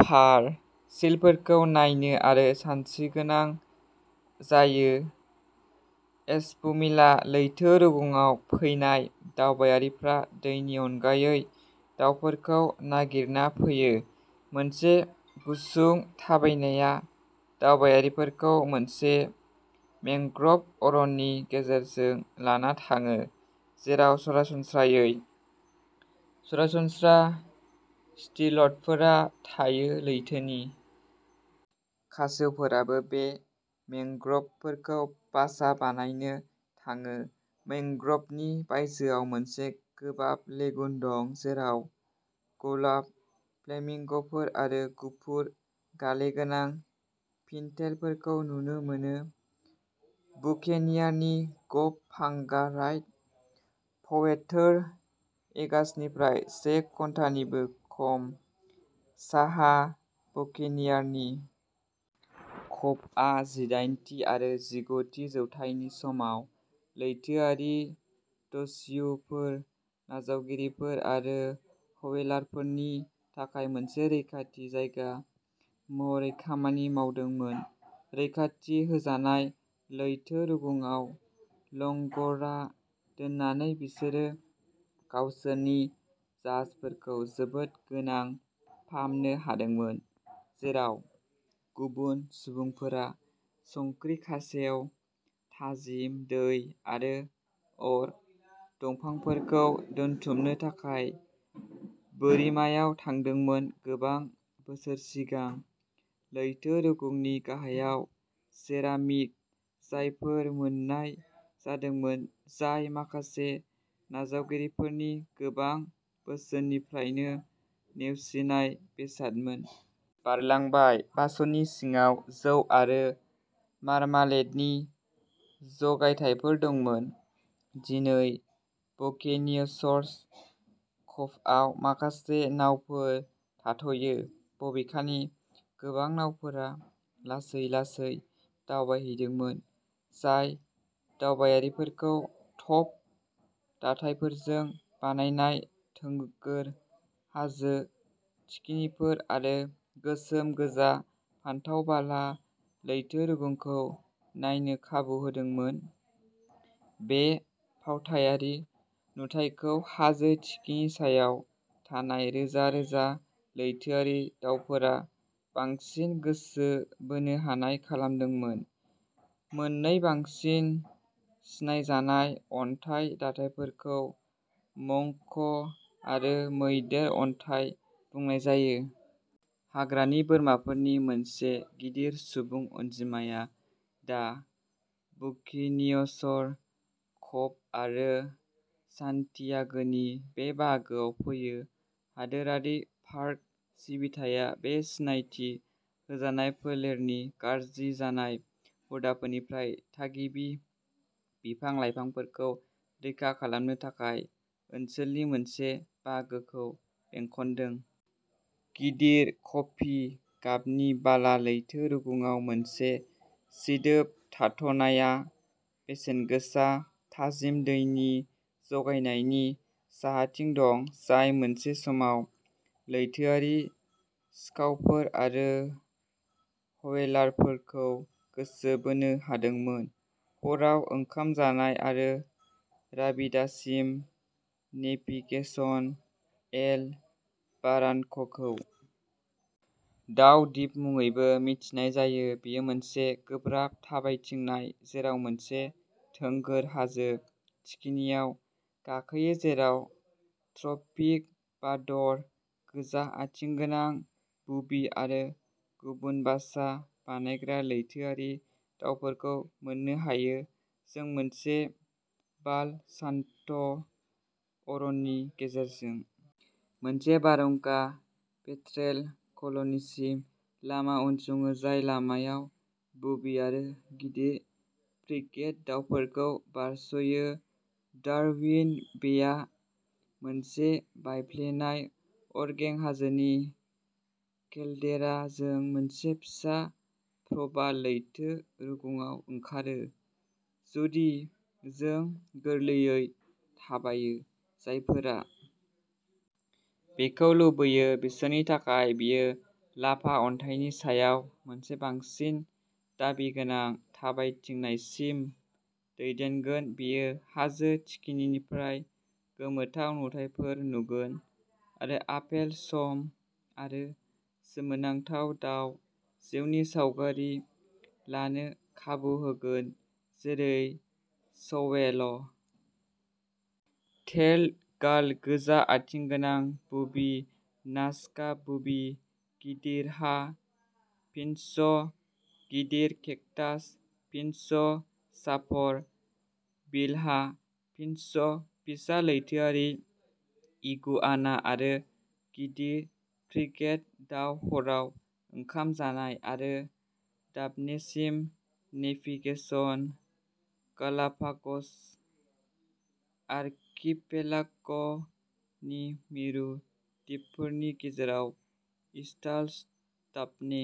फार सिलफोरखौ नायनो आरो सानस्रि गोनां जायो एस्पुमिला लैथो रुगुंआव फैनाय दावबायारिफ्रा दैनि अनगायै दाउफोरखौ नागिरना फैयो मोनसे गुसुं थाबायनाया दावबायारिफोरखौ मोनसे मैंग्र'भ अरननि गेजेरजों लाना थाङो जेराव सरासनस्रायै सरासनस्रा स्टिल्टफोरा थायो लैथोनि खासेवफोराबो बे मैंग्र'भफोरखौ बासा बानायनो थाङो मैंग्र'भनि बायजोआव मोनसे गोबाब लेगुन दं जेराव गलाब फ्लेमिंग'फोर आरो गुफुर गाले गोनां पिनटेलफोरखौ नुनो मोनो बुकेनियारनि कभ पांगा राइड प्वेर्टो एगासनिफ्राय से घन्टानिबो खम साहा बुकेनियारनि कभआ जिदाइन थि आरो जिगु थि जौथाइनि समाव लैथोआरि दस्युफोर नावजावगिरिफोर आरो व्हेलारफोरनि थाखाय मोनसे रैखाथि जायगा महरै खामानि मावदोंमोन रैखाथि होजानाय लैथो रुगुंआव लंग'रा दोननानै बिसोरो गावसोरनि जाहाजफोरखौ जोबोद गोनां फाहामनो हादोंमोन जेराव गुबुन सुबुंफोरा संख्रि खासेव थाजिम दै आरो अर दंफांफोरखौ दोनथुमनो थाखाय बोरिमायाव थांदोंमोन गोबां बोसोर सिगां लैथो रुगुंनि गाहायाव सेरामिक जारफोर मोन्नाय जादोंमोन जाय माखासे नावजावगिरिफोरनि गोबां बोसोरनिफ्रायनो नेवसिनाय बेसादमोन। बारलांबाय। बासननि सिङाव जौ आरो मार्मालेडनि जगायथायफोर दंमोन। दिनै बुकेनियर्स कभआव माखासे नावफोर थाथ'यो बबेखानि गोबां नावफोरा लासै-लासै दावबायहैदोंमोन जाय दावबायारिफोरखौ टफ दाथायफोरजों बानायनाय थोंगोर हाजो थिखिनिफोर आरो गोसोम गोजा फान्थाव बाला लैथो रुगुंखौ नायनो खाबु होदोंमोन बे फावथायारि नुथायखौ हाजो थिखिनि सायाव थानाय रोजा रोजा लैथोआरि दावफोरा बांसिन गोसो बोनो हानाय खालामदोंमोन मोननै बांसिन सिनायजानाय अन्थाइ दाथायफोरखौ मंक आरो मैदेर अन्थाइ बुंनाय जायो। हाग्रानि बोरमाफोरनि मोनसे गिदिर सुबुं अनजिमाया दा बुकेनियर्स कभ आरो सान्टियागोनि बे बाहागोआव फैयो। हादोरारि पार्क सिबिथाया बे सिनायथि होजानाय फोलेरनि गाज्रि जानाय हुदाफोरनिफ्राय थागिबि बिफां लाइफांफोरखौ रैखा खालामनो थाखाय ओनसोलनि मोनसे बाहागोखौ बेंखनदों। गिदिर कफि गाबनि बाला लैथो रुगुंआव मोनसे सिदोब थाथ'नायआ बेसेनगोसा थाजिम दैनि जगायनायनि साहाथिं दं जाय मोनसे समाव लैथोआरि सिखावफोर आरो व्हेलारफोरखौ गोसो बोनो हादोंमोन हराव ओंखाम जानाय आरो राबिदासिम नेभिगेसन एल बारानक'खौ दाउ दिप मुङैबो मिथिनाय जायो बेयो मोनसे गोब्राब थाबायथिंनाय जेराव मोनसे थोंगोर हाजो थिखिनियाव गाखोयो जेराव ट्रपिकबार्ड गोजा आथिं गोनां बुबि आरो गुबुन बासा बानायग्रा लैथोआरि दावफोरखौ मोननो हायो जों मोनसे पाल'सान्ट'अरननि गेजेरजों मोनसे बारहुंखा पेट्रेल कल'निसिम लामा उनसङो जाय लामायाव बुबि आरो गिदिर फ्रिगेट दावफोरखौ बारस'यो डारविन बेआ मोनसे बायफ्लेनाय अरगें हाजोनि केल्डेरा जों मोनसे फिसा प्रबाल लैथो रुगुंआव ओंखारो जुदि जों गोरलैयै थाबायो जायफोरा बेखौ लुबैयो बिसोरनि थाखाय बेयो लाभा अन्थाइनि सायाव मोनसे बांसिन दाबि गोनां थाबायथिंनायसिम दैदेनगोन बेयो हाजो थिखिनिनिफ्राय गोमोथाव नुथायफोर नुगोन आरो आपेल सम आरो सोमोनांथाव दाव जिउनि सावगारि लानो खाबु होगोन जेरै स्वेल' टेल्ड गाल गोजा आथिं गोनां बुबि नाजका बुबि गिदिर हा फिन्च गिदिर केक्टास फिन्च शार्प बिल हा फिन्च फिसा लैथोआरि इगुआना आरो गिदिर फ्रिगेट दाउ हराव ओंखाम जानाय आरो डाफनेसिम नेभिगेसन गालापाग'स आर्किपेलाग'नि मिरु दिपफोरनि गेजेराव इस्लास डाफने